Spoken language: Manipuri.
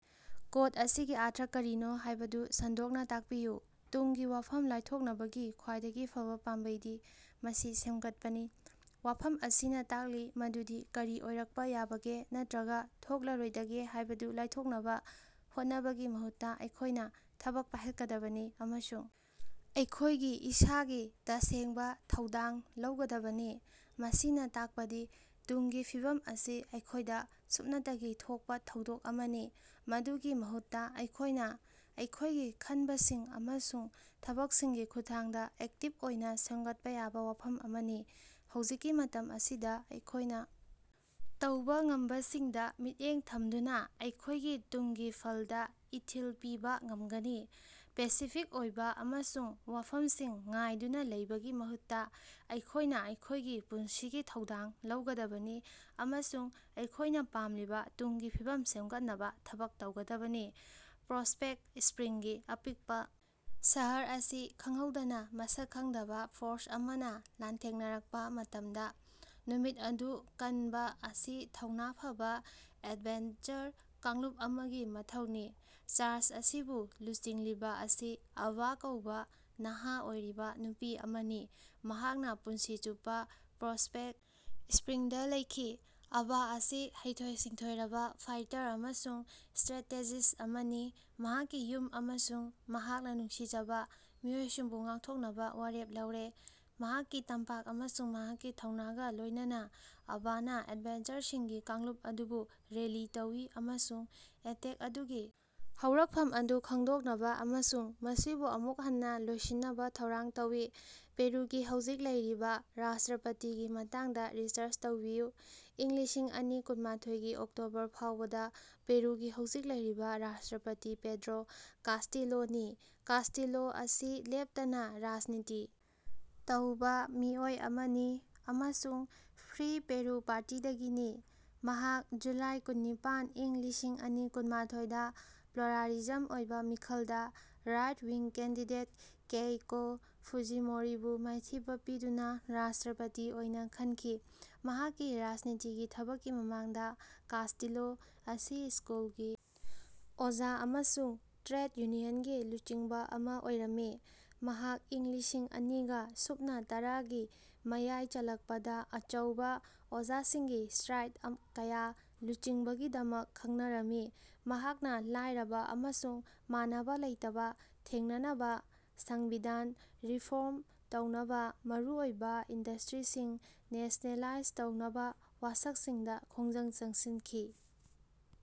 ꯀꯣꯠ ꯑꯁꯤꯒꯤ ꯑꯔꯊ ꯀꯔꯤꯅꯣ ꯍꯥꯏꯕꯗꯨ ꯁꯟꯗꯣꯛꯅ ꯇꯥꯛꯄꯤꯌꯨ: "ꯇꯨꯡꯒꯤ ꯋꯥꯐꯝ ꯂꯥꯏꯊꯣꯛꯅꯕꯒꯤ ꯈ꯭ꯋꯥꯏꯗꯒꯤ ꯐꯕ ꯄꯥꯝꯕꯩꯗꯤ ꯃꯁꯤ ꯁꯦꯝꯒꯠꯄꯅꯤ꯫" ꯋꯥꯐꯝ ꯑꯁꯤꯅ ꯇꯥꯛꯂꯤ ꯃꯗꯨꯗꯤ ꯀꯔꯤ ꯑꯣꯏꯔꯛꯄ ꯌꯥꯕꯒꯦ ꯅꯠꯇ꯭ꯔꯒ ꯊꯣꯛꯂꯔꯣꯏꯗꯒꯦ ꯍꯥꯏꯕꯗꯨ ꯂꯥꯏꯊꯣꯛꯅꯕ ꯍꯣꯠꯅꯕꯒꯤ ꯃꯍꯨꯠꯇ ꯑꯩꯈꯣꯏꯅ ꯊꯕꯛ ꯄꯥꯏꯈꯠꯀꯗꯕꯅꯤ ꯑꯃꯁꯨꯡ ꯑꯩꯈꯣꯏꯒꯤ ꯏꯁꯥꯒꯤ ꯇꯁꯦꯡꯕ ꯊꯧꯗꯥꯡ ꯂꯧꯒꯗꯕꯅꯤ꯫ ꯃꯁꯤꯅ ꯇꯥꯛꯄꯗꯤ ꯇꯨꯡꯒꯤ ꯐꯤꯕꯝ ꯑꯁꯤ ꯑꯩꯈꯣꯏꯗ ꯁꯨꯞꯅꯇꯒꯤ ꯊꯣꯛꯄ ꯊꯧꯗꯣꯛ ꯑꯃꯅꯤ, ꯃꯗꯨꯒꯤ ꯃꯍꯨꯠꯇ ꯑꯩꯈꯣꯏꯅ ꯑꯩꯈꯣꯏꯒꯤ ꯈꯟꯕꯁꯤꯡ ꯑꯃꯁꯨꯡ ꯊꯕꯛꯁꯤꯡꯒꯤ ꯈꯨꯠꯊꯥꯡꯗ ꯑꯦꯛꯇꯤꯕ ꯑꯣꯏꯅ ꯁꯦꯝꯒꯠꯄ ꯌꯥꯕ ꯋꯥꯐꯝ ꯑꯃꯅꯤ꯫ ꯍꯧꯖꯤꯛꯀꯤ ꯃꯇꯝ ꯑꯁꯤꯗ ꯑꯩꯈꯣꯏꯅ ꯇꯧꯕ ꯉꯝꯕꯁꯤꯡꯗ ꯃꯤꯠꯌꯦꯡ ꯊꯝꯗꯨꯅ ꯑꯩꯈꯣꯏꯒꯤ ꯇꯨꯡꯒꯤ ꯐꯜꯗ ꯏꯊꯤꯜ ꯄꯤꯕ ꯉꯝꯒꯅꯤ꯫ ꯄꯦꯁꯤꯐꯤꯛ ꯑꯣꯏꯕ ꯑꯃꯁꯨꯡ ꯋꯥꯐꯝꯁꯤꯡ ꯉꯥꯏꯗꯨꯅ ꯂꯩꯕꯒꯤ ꯃꯍꯨꯠꯇ ꯑꯩꯈꯣꯏꯅ ꯑꯩꯈꯣꯏꯒꯤ ꯄꯨꯟꯁꯤꯒꯤ ꯊꯧꯗꯥꯡ ꯂꯧꯒꯗꯕꯅꯤ ꯑꯃꯁꯨꯡ ꯑꯩꯈꯣꯏꯅ ꯄꯥꯝꯂꯤꯕ ꯇꯨꯡꯒꯤ ꯐꯤꯕꯝ ꯁꯦꯝꯒꯠꯅꯕ ꯊꯕꯛ ꯇꯧꯒꯗꯕꯅꯤ꯫ ꯄ꯭ꯔꯣꯁꯄꯦꯛ ꯁꯄ꯭ꯔꯤꯡꯒꯤ ꯑꯄꯤꯛꯄ ꯁꯍꯔ ꯑꯁꯤ ꯈꯪꯍꯧꯗꯅ ꯃꯁꯛ ꯈꯪꯗꯕ ꯐꯣꯔꯁ ꯑꯃꯅ ꯂꯥꯟꯊꯦꯡꯅꯔꯛꯄ ꯃꯇꯝꯗ ꯅꯨꯃꯤꯠ ꯑꯗꯨ ꯀꯟꯕ ꯑꯁꯤ ꯊꯧꯅꯥ ꯐꯕ ꯑꯦꯗꯚꯦꯟꯆꯔ ꯀꯥꯡꯂꯨꯞ ꯑꯃꯒꯤ ꯃꯊꯧꯅꯤ꯫ ꯆꯥꯔꯖ ꯑꯁꯤꯕꯨ ꯂꯨꯆꯤꯡꯂꯤꯕ ꯑꯁꯤ ꯑꯚꯥ ꯀꯧꯕꯥ ꯅꯍꯥ ꯑꯣꯏꯔꯤꯕ ꯅꯨꯄꯤ ꯑꯃꯅꯤ꯫ ꯃꯍꯥꯛꯅ ꯄꯨꯟꯁꯤ ꯆꯨꯞꯄ ꯄ꯭ꯔꯣꯁꯄꯦꯛ ꯁ꯭ꯄꯔꯤꯡꯗ ꯂꯩꯈꯤ꯫ ꯑꯚꯥ ꯑꯁꯤ ꯍꯩꯊꯣꯏ-ꯁꯤꯡꯊꯣꯏꯔꯕ ꯐꯥꯏꯇꯔ ꯑꯃꯁꯨꯡ ꯁꯇ꯭ꯔꯦꯇꯦꯖꯤꯁ ꯑꯃꯅꯤ, ꯃꯍꯥꯛꯀꯤ ꯌꯨꯝ ꯑꯃꯁꯨꯡ ꯃꯍꯥꯛꯅ ꯅꯨꯡꯁꯤꯖꯕ ꯃꯤꯑꯣꯏꯁꯤꯡꯕꯨ ꯉꯥꯛꯊꯣꯛꯅꯕ ꯋꯥꯔꯦꯞ ꯂꯧꯔꯦ꯫ ꯃꯍꯥꯛꯀꯤ ꯇꯝꯄꯥꯛ ꯑꯃꯁꯨꯡ ꯃꯍꯥꯛꯀꯤ ꯊꯧꯅꯥꯒ ꯂꯣꯏꯅꯅ ꯑꯚꯥꯅ ꯑꯦꯗꯚꯦꯟꯆꯔꯁꯤꯡꯒꯤ ꯀꯥꯡꯂꯨꯞ ꯑꯗꯨꯕꯨ ꯔꯦꯂꯤ ꯇꯧꯏ ꯑꯃꯁꯨꯡ ꯑꯦꯇꯦꯛ ꯑꯗꯨꯒꯤ ꯍꯧꯔꯛꯐꯝ ꯑꯗꯨ ꯈꯪꯗꯣꯛꯅꯕ ꯑꯃꯁꯨꯡ ꯃꯁꯤꯕꯨ ꯑꯃꯨꯛ ꯍꯟꯅ ꯂꯣꯏꯁꯤꯟꯅꯕ ꯊꯧꯔꯥꯡ ꯇꯧꯏ꯫ ꯄꯦꯔꯨꯒꯤ ꯍꯧꯖꯤꯛ ꯂꯩꯔꯤꯕꯥ ꯔꯥꯁꯇ꯭ꯔꯄꯇꯤꯒꯤ ꯃꯇꯥꯡꯗ ꯔꯤꯁꯔꯆ ꯇꯧꯕꯤꯌꯨ꯫ ꯏꯪ ꯂꯤꯁꯤꯡ ꯑꯅꯤ ꯀꯨꯟꯃꯥꯊꫭꯏꯒꯤ ꯑꯣꯛꯇꯣꯕꯔ ꯐꯥꯎꯕꯗ ꯄꯦꯔꯨꯒꯤ ꯍꯧꯖꯤꯛ ꯂꯩꯔꯤꯕ ꯔꯥꯁꯇ꯭ꯔꯄꯇꯤ ꯄꯦꯗ꯭ꯔꯣ ꯀꯥꯁꯇꯤꯂꯣꯅꯤ꯫ ꯀꯥꯁꯇꯤꯂꯣ ꯑꯁꯤ ꯂꯦꯞꯇꯅ ꯔꯥꯖꯅꯤꯇꯤ ꯇꯧꯕ ꯃꯤꯑꯣꯏ ꯑꯃꯅꯤ ꯑꯃꯁꯨꯡ ꯐ꯭ꯔꯤ ꯄꯦꯔꯨ ꯄꯥꯔꯇꯤꯗꯒꯤꯅꯤ꯫ ꯃꯍꯥꯛ ꯖꯨꯂꯥꯏ ꯀꯨꯟꯅꯤꯄꯥꯟ, ꯏꯪ ꯂꯤꯁꯤꯡ ꯑꯅꯤ ꯀꯨꯟꯃꯥꯊꫭꯏꯗ ꯄꯣꯂꯥꯔꯤꯖꯝ ꯑꯣꯏꯕ ꯃꯤꯈꯜꯗ ꯔꯥꯏꯠ-ꯋꯤꯡ ꯀꯦꯟꯗꯤꯗꯦꯠ ꯀꯦꯏꯀꯣ ꯐꯨꯖꯤꯃꯣꯔꯤꯕꯨ ꯃꯥꯏꯊꯤꯕ ꯄꯤꯗꯨꯅ ꯔꯥꯁꯇ꯭ꯔꯄꯇꯤ ꯑꯣꯏꯅ ꯈꯟꯈꯤ꯫ ꯃꯍꯥꯛꯀꯤ ꯔꯥꯖꯅꯤꯇꯤꯒꯤ ꯊꯕꯛꯀꯤ ꯃꯃꯥꯡꯗ, ꯀꯥꯁꯇꯤꯂꯣ ꯑꯁꯤ ꯁ꯭ꯀꯨꯜꯒꯤ ꯑꯣꯖꯥ ꯑꯃꯁꯨꯡ ꯇ꯭ꯔꯦꯗ ꯌꯨꯅꯤꯌꯟꯒꯤ ꯂꯨꯆꯤꯡꯕ ꯑꯃꯥ ꯑꯣꯏꯔꯝꯃꯤ꯫ ꯃꯍꯥꯛ ꯏꯪ ꯂꯤꯁꯤꯡ ꯑꯅꯤꯒ ꯁꯨꯞꯅ ꯇꯔꯥꯒꯤ ꯃꯌꯥꯏ ꯆꯜꯂꯛꯄꯗ ꯑꯆꯧꯕ ꯑꯣꯖꯥꯁꯤꯡꯒꯤ ꯁꯇ꯭ꯔꯥꯏꯛ ꯀꯌꯥ ꯂꯨꯆꯤꯡꯕꯒꯤꯗꯃꯛ ꯈꯪꯅꯔꯝꯃꯤ꯫ ꯃꯍꯥꯛꯅ ꯂꯥꯏꯔꯕ ꯑꯃꯁꯨꯡ ꯃꯥꯟꯅꯕ ꯂꯩꯇꯕ ꯊꯦꯡꯅꯅꯕ, ꯁꯪꯕꯤꯙꯥꯟ ꯔꯤꯐꯣꯔꯝ ꯇꯧꯅꯕ, ꯃꯔꯨꯑꯣꯏꯕꯥ ꯏꯟꯗꯁꯇ꯭ꯔꯤꯁꯤꯡ ꯅꯦꯁꯅꯦꯂꯥꯏꯖ ꯇꯧꯅꯕ ꯋꯥꯁꯛꯁꯤꯡꯗ ꯈꯣꯡꯖꯪ ꯆꯪꯁꯤꯟꯈꯤ꯫